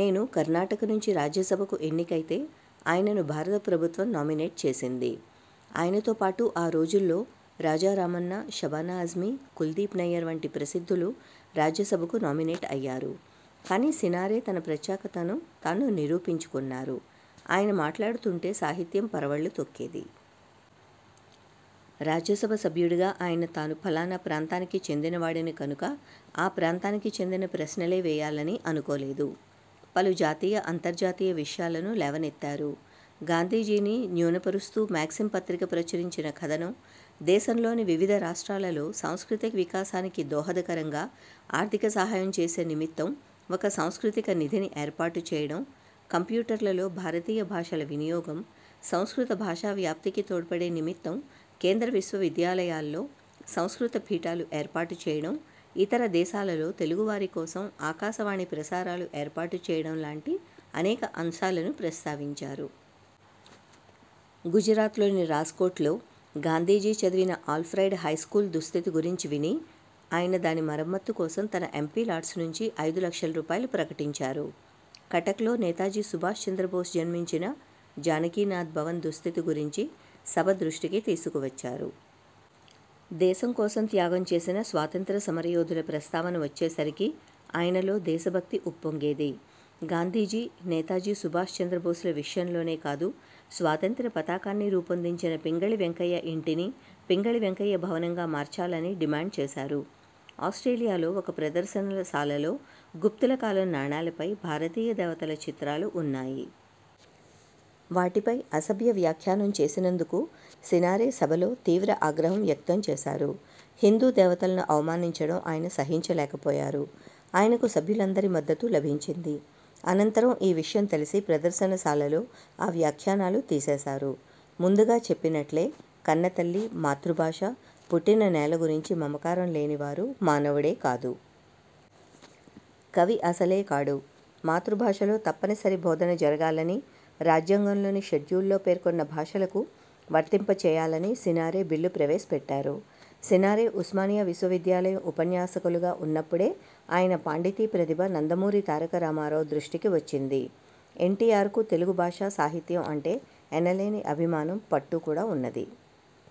నేను కర్ణాటక నుంచి రాజ్యసభకు ఎన్నికైతే ఆయనను భారత ప్రభుత్వం నామినేట్ చేసింది. ఆయనతో పాటు ఆ రోజుల్లో రాజారామన్న, షబానా అజ్మీ, కుల్దీప్ నయ్యర్ వంటి ప్రసిద్ధులు రాజ్యసభకు నామినేట్ అయ్యారు. కాని సినారె తన ప్రత్యేకతను తాను నిరూపించుకున్నారు. ఆయన మాట్లాడుతుంటే సాహిత్యం పరవళ్లు తొక్కేది. రాజ్యసభ సభ్యుడుగా ఆయన తాను ఫలానా ప్రాంతానికి చెందిన వాడిని కనుక ఆ ప్రాంతానికి చెందిన ప్రశ్నలే వేయాలని అనుకోలేదు. పలు జాతీయ, అంతర్జాతీయ విషయాలను లేవనెత్తారు. – గాంధీజీని న్యూనపరుస్తూ 'మాక్సిమ్' పత్రిక ప్రచురించిన కథనం; దేశంలోని వివిధ రాష్ట్రాలలో సాంస్కృతిక వికాసానికి దోహదకరంగా ఆర్థిక సహాయం చేసే నిమిత్తం ఒక 'సాంస్కృతిక నిధి'ని ఏర్పాటుచేయడం; కంప్యూటర్లలో భారతీయ భాషల వినియోగం; సంస్కృత భాషా వ్యాప్తికి తోడ్పడే నిమిత్తం కేంద్ర విశ్వవిద్యాలయాలలో 'సంస్కృత పీఠాలు' ఏర్పాటు చేయడం; ఇతర దేశాలలో తెలుగువారి కోసం ఆకాశవాణి ప్రసారాలు ఏర్పాటు చేయడం లాంటి అనేక అంశాలను ప్రస్తావించారు. గుజరాత్లోని రాజ్కోట్లో గాంధీజీ చదివిన అల్ ఫ్రెడ్ హైస్కూలు దుస్థితి గురించి విని ఆయన దాని మరమ్మతుకోసం తన ఎంపీ లాడ్స్ నుంచి ఐదు లక్షల రూపాయలు ప్రకటించారు. కటక్లో నేతాజీ సుభాష్ చంద్రబోస్ జన్మించిన జానకీనాథ్ భవన్ దుస్థితి గురించి సభ దృష్టికి తీసుకువచ్చారు. దేశం కోసం త్యాగం చేసిన స్వాతంత్ర్య సమరయోధుల ప్రస్తావన వచ్చే సరికి ఆయనలో దేశభక్తి ఉప్పొంగేది. గాంధీజీ, నేతాజీ సుభాష్ చంద్రబోస్ ల విషయంలోనే కాదు, స్వాతంత్ర్య పతాకాన్ని రూపొందించిన పింగళి వెంకయ్య ఇంటిని పింగళి వెంకయ్య భవనంగా మార్చాలని డిమాండ్ చేశారు. ఆస్ట్రేలియాలో ఒక ప్రదర్శనలశాలలో గుప్తుల కాలం నాణేలపై భారతీయ దేవతల చిత్రాలు ఉన్నాయి. వాటిపై అసభ్య వ్యాఖ్యానం చేసినందుకు సినారె సభలో తీవ్ర ఆగ్రహం వ్యక్తం చేశారు. హిందూ దేవతలను అవమానించడం ఆయన సహించలేకపోయారు. ఆయనకు సభ్యులందరి మద్దతూ లభించింది. అనంతరం ఈ విషయం తెలిసి ప్రదర్శన శాలలో ఆ వ్యాఖ్యానాలు తీసేశారు. ముందుగా చెప్పినట్లే కన్నతల్లి, మాతృభాష, పుట్టిన నేల గురించి మమకారం లేని వారు మానవుడే కాదు. కవి అసలే కాడు. మాతృభాషలో తప్పనిసరి బోధన జరగాలని, రాజ్యాంగంలోని షెడ్యూలులో పేర్కొన్న భాషలకు వర్తింపచేయాలని సినారె బిల్లు ప్రవేశపెట్టారు. సినారె ఉస్మానియా విశ్వ విద్యాలయం ఉపన్యాసకులుగా ఉన్నప్పుడే ఆయన పాండితీ ప్రతిభ నందమూరి తారకరామారావు దృష్టికి వచ్చింది. ఎన్టీఆర్కూ తెలుగు భాష, సాహిత్యం అంటే ఎనలేని అభిమానం, పట్టు కూడా ఉన్నది.